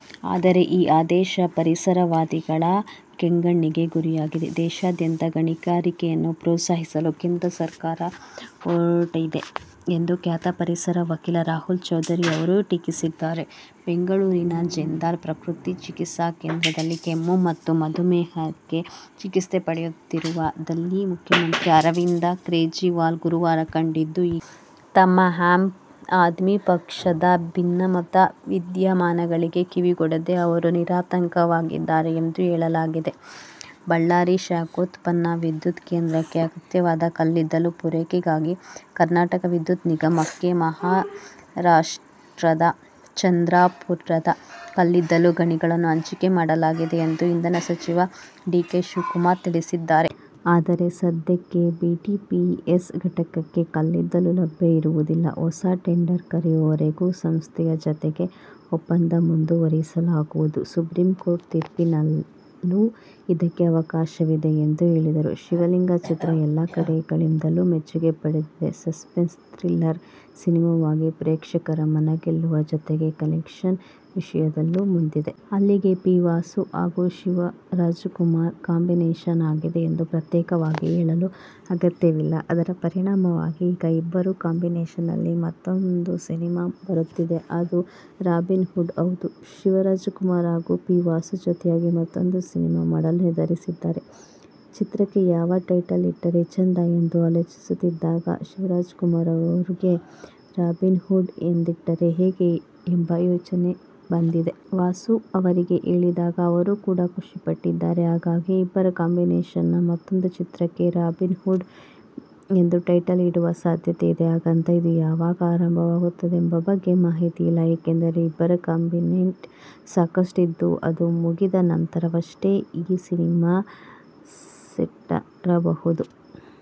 ಆದರೆ ಈ ಆದೇಶ ಪರಿಸರವಾದಿಗಳ ಕೆಂಗಣ್ಣಿಗೆ ಗುರಿಯಾಗಿದೆ. ದೇಶಾದ್ಯಂತ ಗಣಿಗಾರಿಕೆಯನ್ನು ಪ್ರೋತ್ಸಾಹಿಸಲು ಕೇಂದ್ರ ಸರ್ಕಾರ ಹೊರಟಿದೆ ಎಂದು ಖ್ಯಾತ ಪರಿಸರ ವಕೀಲ ರಾಹುಲ್ ಚೌಧರಿ ಅವರು ಟೀಕಿಸಿದ್ದಾರೆ. ಬೆಂಗಳೂರಿನ ಜಿಂದಾಲ್ ಪ್ರಕೃತಿ ಚಿಕಿತ್ಸಾ ಕೇಂದ್ರದಲ್ಲಿ ಕೆಮ್ಮು ಮತ್ತು ಮಧುಮೇಹಕ್ಕೆ ಚಿಕಿತ್ಸೆ ಪಡೆಯುತ್ತಿರುವ ದಿಲ್ಲಿ ಮುಖ್ಯಮಂತ್ರಿ ಅರವಿಂದ ಕೇಜ್ರಿವಾಲ್ ಗುರುವಾರ ಕಂಡಿದ್ದು ಹೀಗೆ. ತಮ್ಮ ಆಮ್ ಆದ್ಮಿ ಪಕ್ಷದ ಭಿನ್ನಮತ ವಿದ್ಯಮಾನಗಳಿಗೆ ಕಿವಿಗೊಡದೇ ಅವರು ನಿರಾತಂಕವಾಗಿದ್ದಾರೆ ಎಂದು ಹೇಳಲಾಗಿದೆ. ಬಳ್ಳಾರಿ ಶಾಖೋತ್ಪನ್ನ ವಿದ್ಯುತ್ ಕೇಂದ್ರಕ್ಕೆ ಅಗತ್ಯವಾದ ಕಲ್ಲಿದ್ದಲು ಪೂರೈಕೆಗಾಗಿ ಕರ್ನಾಟಕ ವಿದ್ಯುತ್ ನಿಗಮಕ್ಕೆ ಮಹಾರಾಷ್ಟ್ರದ ಚಂದ್ರಾಪುರದ ಕಲ್ಲಿದ್ದಲು ಗಣಿಗಳನ್ನು ಹಂಚಿಕೆ ಮಾಡಲಾಗಿದೆ ಎಂದು ಇಂಧನ ಸಚಿವ ಡಿ. ಕೆ. ಶಿವಕುಮಾರ್ ತಿಳಿಸಿದ್ದಾರೆ. ಆದರೆ, ಸದ್ಯಕ್ಕೆ ಬಿಟಿಪಿಎಸ್ ಘಟಕಕ್ಕೆ ಕಲ್ಲಿದ್ದಲು ಲಭ್ಯ ಇರುವುದಿಲ್ಲ. ಹೊಸ ಟೆಂಡರ್ ಕರೆಯುವವರೆಗೂ ಸಂಸ್ಥೆಯ ಜತೆಯ ಒಪ್ಪಂದ ಮುಂದುವರಿಸಲಾಗುವುದು. ಸುಪ್ರೀಂಕೋರ್ಟ್ ತೀರ್ಪಿನಲ್ಲೂ ಇದಕ್ಕೆ ಅವಕಾಶವಿದೆ ಎಂದು ಹೇಳಿದರು. "ಶಿವಲಿಂಗ' ಚಿತ್ರ ಎಲ್ಲಾ ಕಡೆಗಳಿಂದಲೂ ಮೆಚ್ಚುಗೆ ಪಡೆದಿದೆ. ಸಸ್ಪೆನ್ಸ್, ಥ್ರಿಲ್ಲರ್ ಸಿನಿಮಾವಾಗಿ ಪ್ರೇಕ್ಷಕರ ಮನಗೆಲ್ಲುವ ಜೊತೆಗೆ ಕಲೆಕ್ಷನ್ ವಿಷಯದಲ್ಲೂ ಮುಂದಿದೆ. ಅಲ್ಲಿಗೆ ಪಿ. ವಾಸು ಹಾಗೂ ಶಿವರಾಜಕುಮಾರ್ ಕಾಂಬಿನೇಶನ್ ಆಗಿದೆ ಎಂದು ಪ್ರತ್ಯೇಕವಾಗಿ ಹೇಳುವ ಅಗತ್ಯವಿಲ್ಲ. ಅದರ ಪರಿಣಾಮವಾಗಿ ಈಗ ಇಬ್ಬರ ಕಾಂಬಿನೇಶನ್ನಲ್ಲಿ ಮತ್ತೂಂದು ಸಿನಿಮಾ ಬರುತ್ತಿದೆ. ಅದು "ರಾಬಿನ್ ಹುಡ್'. ಹೌದು, ಶಿವರಾಜುಕುಮಾರ್ ಹಾಗೂ ಪಿ. ವಾಸು ಜೊತೆಯಾಗಿ ಮತ್ತೂಂದು ಸಿನಿಮಾ ಮಾಡಲು ನಿರ್ಧರಿಸಿದ್ದಾರೆ. ಚಿತ್ರಕ್ಕೆ ಯಾವ ಟೈಟಲ್ ಇಟ್ಟರೆ ಚೆಂದ ಎಂದು ಆಲೋಚಿಸುತ್ತಿದ್ದಾಗ ಶಿವರಾಜಕುಮಾರ್ ಅವರಿಗೆ "ರಾಬಿನ್ಹುಡ್' ಎಂದಿಟ್ಟರೆ ಹೇಗೆ ಎಂಬ ಆಲೋಚನೆ ಬಂದಿದೆ. ವಾಸು ಅವರಿಗೆ ಹೇಳಿದಾಗ ಅವರು ಕೂಡಾ ಖುಷಿಪಟ್ಟಿದ್ದಾರೆ. ಹಾಗಾಗಿ ಇಬ್ಬರ ಕಾಂಬಿನೇಶನ್ನ ಮತ್ತೂಂದು ಚಿತ್ರಕ್ಕೆ "ರಾಬಿನ್ಹುಡ್' ಎಂದು ಟೈಟಲ್ ಇಡುವ ಸಾಧ್ಯತೆ ಇದೆ. ಹಾಗಂತ ಇದು ಯಾವಾಗ ಆರಂಭವಾಗುತ್ತದೆಂಬ ಬಗ್ಗೆ ಮಾಹಿತಿಯಿಲ್ಲ. ಏಕೆಂದರೆ, ಇಬ್ಬರ ಕಮಿಟ್ಮೆಂಟ್ ಸಾಕಷ್ಟಿದ್ದು, ಅದು ಮುಗಿದ ನಂತರವಷ್ಟೇ ಈ ಸಿನಿಮಾ ಸೆಟ್ಟೇರಬಹುದು.